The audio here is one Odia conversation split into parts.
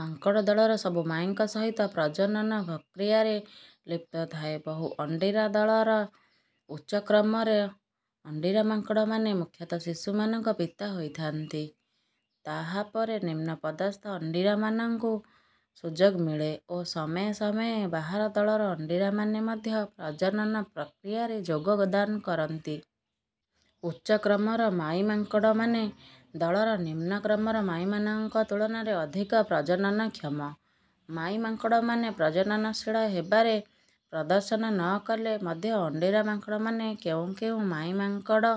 ମାଙ୍କଡ଼ ଦଳର ସବୁ ମାଈଙ୍କ ସହିତ ପ୍ରଜନନ ପ୍ରକ୍ରିୟାରେ ଲିପ୍ତ ଥାଏ। ବୋହୁ-ଅଣ୍ଡିରା ଦଳରେ ଉଚ୍ଚ-କ୍ରମରେ ଅଣ୍ଡିରା ମାଙ୍କଡ଼ମାନେ ମୁଖ୍ୟତଃ ଶିଶୁମାନଙ୍କ ପିତା ହୋଇଥାନ୍ତି, ତାହା ପରେ ନିମ୍ନ ପଦସ୍ଥ ଅଣ୍ଡିରାମାନଙ୍କୁ ସୁଯୋଗ ମିଳେ ଓ ସମୟେ ସମୟେ ବାହାର ଦଳର ଅଣ୍ଡିରାମାନେ ମଧ୍ୟ ପ୍ରଜନନ ପ୍ରକ୍ରିୟାରେ ଯୋଗଦାନ କରନ୍ତି। ଉଚ୍ଚ-କ୍ରମର ମାଈ ମାଙ୍କଡ଼ମାନେ ଦଳର ନିମ୍ନ-କ୍ରମର ମାଈମାନଙ୍କ ତୁଳନାରେ ଅଧିକ ପ୍ରଜନନକ୍ଷମ। ମାଈ ମାଙ୍କଡ଼ମାନେ ପ୍ରଜନନଶୀଳ ହେବାରେ ପ୍ରଦର୍ଶନ ନ କଲେ ମଧ୍ୟ ଅଣ୍ଡିରା ମାଙ୍କଡ଼ମାନେ କେଉଁ କେଉଁ ମାଈ ମାଙ୍କଡ଼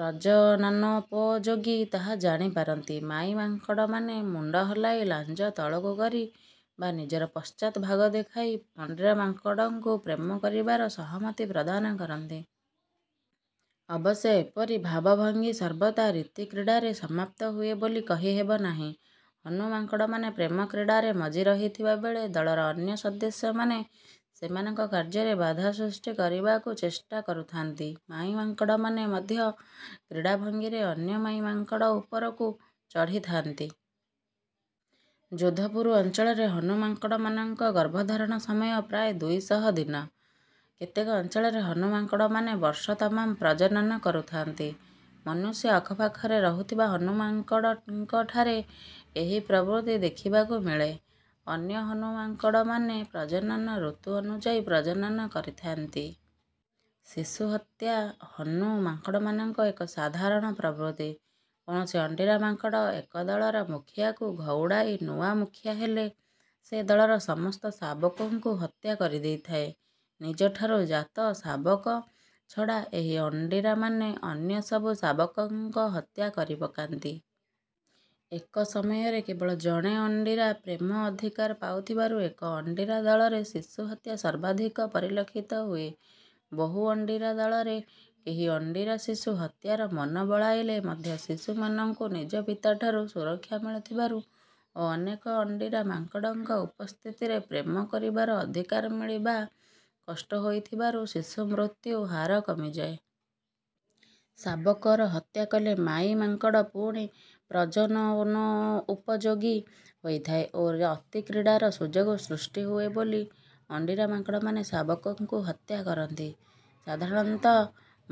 ପ୍ରଜନନୋପଯୋଗୀ ତାହା ଜାଣିପାରନ୍ତି। ମାଈ ମାଙ୍କଡ଼ମାନେ ମୁଣ୍ଡ ହଲାଇ, ଲାଞ୍ଜ ତଳକୁ କରି ବା ନିଜର ପଶ୍ଚାତ ଭାଗ ଦେଖାଇ ଅଣ୍ଡିରା ମାଙ୍କଡ଼କୁ ପ୍ରେମ କରିବାର ସହମତି ପ୍ରଦାନ କରନ୍ତି। ଅବଶ୍ୟ ଏପରି ଭାବଭଙ୍ଗୀ ସର୍ବଦା ରତିକ୍ରୀଡ଼ାରେ ସମାପ୍ତ ହୁଏ ବୋଲି କହିହେବ ନାହିଁ। ହନୁ ମାଙ୍କଡ଼ମାନେ ପ୍ରେମକ୍ରୀଡ଼ାରେ ମଜ୍ଜି ରହିଥିବା ବେଳେ ଦଳର ଅନ୍ୟ ସଦସ୍ୟମାନେ ସେମାନଙ୍କ କାର୍ଯ୍ୟରେ ବାଧା ସୃଷ୍ଟି କରିବାକୁ ଚେଷ୍ଟା କରୁଥାନ୍ତି। ମାଈ ମାଙ୍କଡ଼ମାନେ ମଧ୍ୟ କ୍ରୀଡ଼ାଭଙ୍ଗୀରେ ଅନ୍ୟ ମାଈ ମାଙ୍କଡ଼ ଉପରକୁ ଚଢ଼ିଥାନ୍ତି। ଯୋଧପୁର ଅଞ୍ଚଳରେ ହନୁ ମାଙ୍କଡ଼ମାନଙ୍କ ଗର୍ଭଧାରଣ ସମୟ ପ୍ରାୟ ଦୁଇ ଶହ ଦିନ। କେତେକ ଅଞ୍ଚଳରେ ହନୁ ମାଙ୍କଡ଼ମାନେ ବର୍ଷ ତମାମ ପ୍ରଜନନ କରୁଥାନ୍ତି। ମନୁଷ୍ୟ ଆଖପାଖରେ ରହୁଥିବା ହନୁ ମାଙ୍କଡ଼ଙ୍କଠାରେ ଏହି ପ୍ରବୃତ୍ତି ଦେଖିବାକୁ ମିଳେ। ଅନ୍ୟ ହନୁ ମାଙ୍କଡ଼ମାନେ ପ୍ରଜନନ ଋତୁ ଅନୁଯାୟୀ ପ୍ରଜନନ କରିଥାନ୍ତି। ଶିଶୁ ହତ୍ୟା ହନୁ ମାଙ୍କଡ଼ମାନଙ୍କ ଏକ ସାଧାରଣ ପ୍ରବୃତ୍ତି। କୌଣସି ଅଣ୍ଡିରା ମାଙ୍କଡ଼ ଏକ ଦଳର ମୁଖିଆକୁ ଘଉଡ଼ାଇ ନୂଆ ମୁଖିଆ ହେଲେ ସେ ଦଳର ସମସ୍ତ ଶାବକଙ୍କୁ ହତ୍ୟା କରିଦେଇଥାଏ। ନିଜଠାରୁ ଜାତ ଶାବକ ଛଡ଼ା ଏହି ଅଣ୍ଡିରାମାନେ ଅନ୍ୟ ସବୁ ଶାବକଙ୍କ ହତ୍ୟା କରିପକାନ୍ତି। ଏକ ସମୟରେ କେବଳ ଜଣେ ଅଣ୍ଡିରା ପ୍ରେମ ଅଧିକାର ପାଉଥିବାରୁ ଏକ-ଅଣ୍ଡିରା ଦଳରେ ଶିଶୁ ହତ୍ୟା ସର୍ବାଧିକ ପରିଲକ୍ଷିତ ହୁଏ। ବୋହୁ-ଅଣ୍ଡିରା ଦଳରେ କେହି ଅଣ୍ଡିରା ଶିଶୁ ହତ୍ୟାର ମନ ବଳାଇଲେ ମଧ୍ୟ ଶିଶୁମାନଙ୍କୁ ନିଜ ପିତାଠାରୁ ସୁରକ୍ଷା ମିଳୁଥିବାରୁ ଓ ଅନେକ ଅଣ୍ଡିରା ମାଙ୍କଡ଼ଙ୍କ ଉପସ୍ଥିତିରେ ପ୍ରେମ କରିବାର ଅଧିକାର ମିଳିବା କଷ୍ଟ ହୋଇଥିବାରୁ ଶିଶୁ ମୃତ୍ୟୁ ହାର କମିଯାଏ। ଶାବକର ହତ୍ୟା କଲେ ମାଈ ମାଙ୍କଡ଼ ପୁଣି ପ୍ରଜନନୋପଯୋଗୀ ହୋଇଥାଏ ଓ ରତିକ୍ରୀଡ଼ାର ସୁଯୋଗ ସୃଷ୍ଟି ହୁଏ ବୋଲି ଅଣ୍ଡିରା ମାଙ୍କଡ଼ମାନେ ଶାବକଙ୍କୁ ହତ୍ୟା କରନ୍ତି। ସାଧାରଣତଃ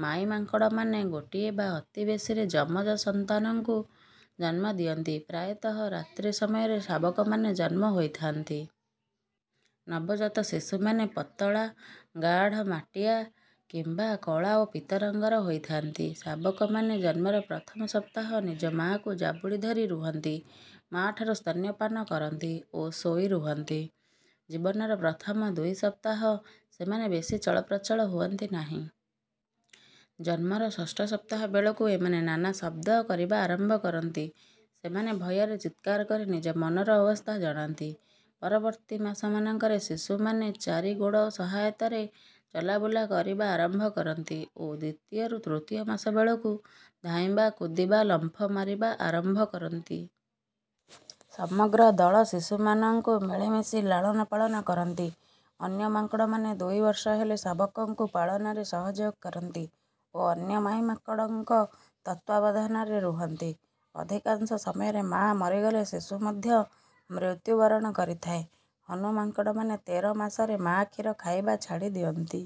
ମାଈ ମାଙ୍କଡ଼ମାନେ ଗୋଟିଏ ବା ଅତି ବେଶୀରେ ଯମଜ ସନ୍ତାନଙ୍କୁ ଜନ୍ମ ଦିଅନ୍ତି। ପ୍ରାୟତଃ ରାତ୍ରି ସମୟରେ ଶାବକମାନେ ଜନ୍ମ ହୋଇଥାନ୍ତି। ନବଜାତ ଶିଶୁମାନେ ପତଳା, ଗାଢ଼ ମାଟିଆ କିମ୍ବା କଳା ଓ ପୀତ ରଙ୍ଗର ହୋଇଥାନ୍ତି। ଶାବକମାନେ ଜନ୍ମର ପ୍ରଥମ ସପ୍ତାହ ନିଜ ମା'କୁ ଜାବୁଡ଼ି ଧରି ରୁହନ୍ତି, ମା'ଠାରୁ ସ୍ତନ୍ୟପାନ କରନ୍ତି ଓ ଶୋଇ ରୁହନ୍ତି। ଜୀବନର ପ୍ରଥମ ଦୁଇ ସପ୍ତାହ ସେମାନେ ବେଶୀ ଚଳପ୍ରଚଳ ହୁଅନ୍ତି ନାହିଁ। ଜନ୍ମର ଷଷ୍ଠ ସପ୍ତାହ ବେଳକୁ ଏମାନେ ନାନା ଶବ୍ଦ କରିବା ଆରମ୍ଭ କରନ୍ତି। ସେମାନେ ଭୟରେ ଚିତ୍କାର କରି ନିଜ ମନର ଅବସ୍ଥା ଜଣାନ୍ତି। ପରବର୍ତ୍ତୀ ମାସମାନଙ୍କରେ ଶିଶୁମାନେ ଚାରି ଗୋଡ଼ ସହାୟତାରେ ଚଲାବୁଲା କରିବା ଆରମ୍ଭ କରନ୍ତି ଓ ଦ୍ୱିତୀୟ ରୁ ତୃତୀୟ ମାସ ବେଳକୁ ଧାଇଁବା, କୁଦିବା, ଲମ୍ଫ ମାରିବା ଆରମ୍ଭ କରନ୍ତି। ସମଗ୍ର ଦଳ ଶିଶୁମାନଙ୍କୁ ମିଳିମିଶି ଲାଳନପାଳନ କରନ୍ତି, ଅନ୍ୟ ମାଙ୍କଡ଼ମାନେ ଦୁଇ ବର୍ଷ ହେଲେ ଶାବକଙ୍କୁ ପାଳନରେ ସହଯୋଗ କରନ୍ତି ଓ ଅନ୍ୟ ମାଈ ମାଙ୍କଡ଼ଙ୍କ ତତ୍ତ୍ୱାବଧାନରେ ରୁହନ୍ତି। ଅଧିକାଂଶ ସମୟରେ ମା' ମରିଗଲେ ଶିଶୁ ମଧ୍ୟ ମୃତ୍ୟୁବରଣ କରିଥାଏ। ହନୁ ମାଙ୍କଡ଼ମାନେ ତେର ମାସରେ ମା' କ୍ଷୀର ଖାଇବା ଛାଡ଼ି ଦିଅନ୍ତି।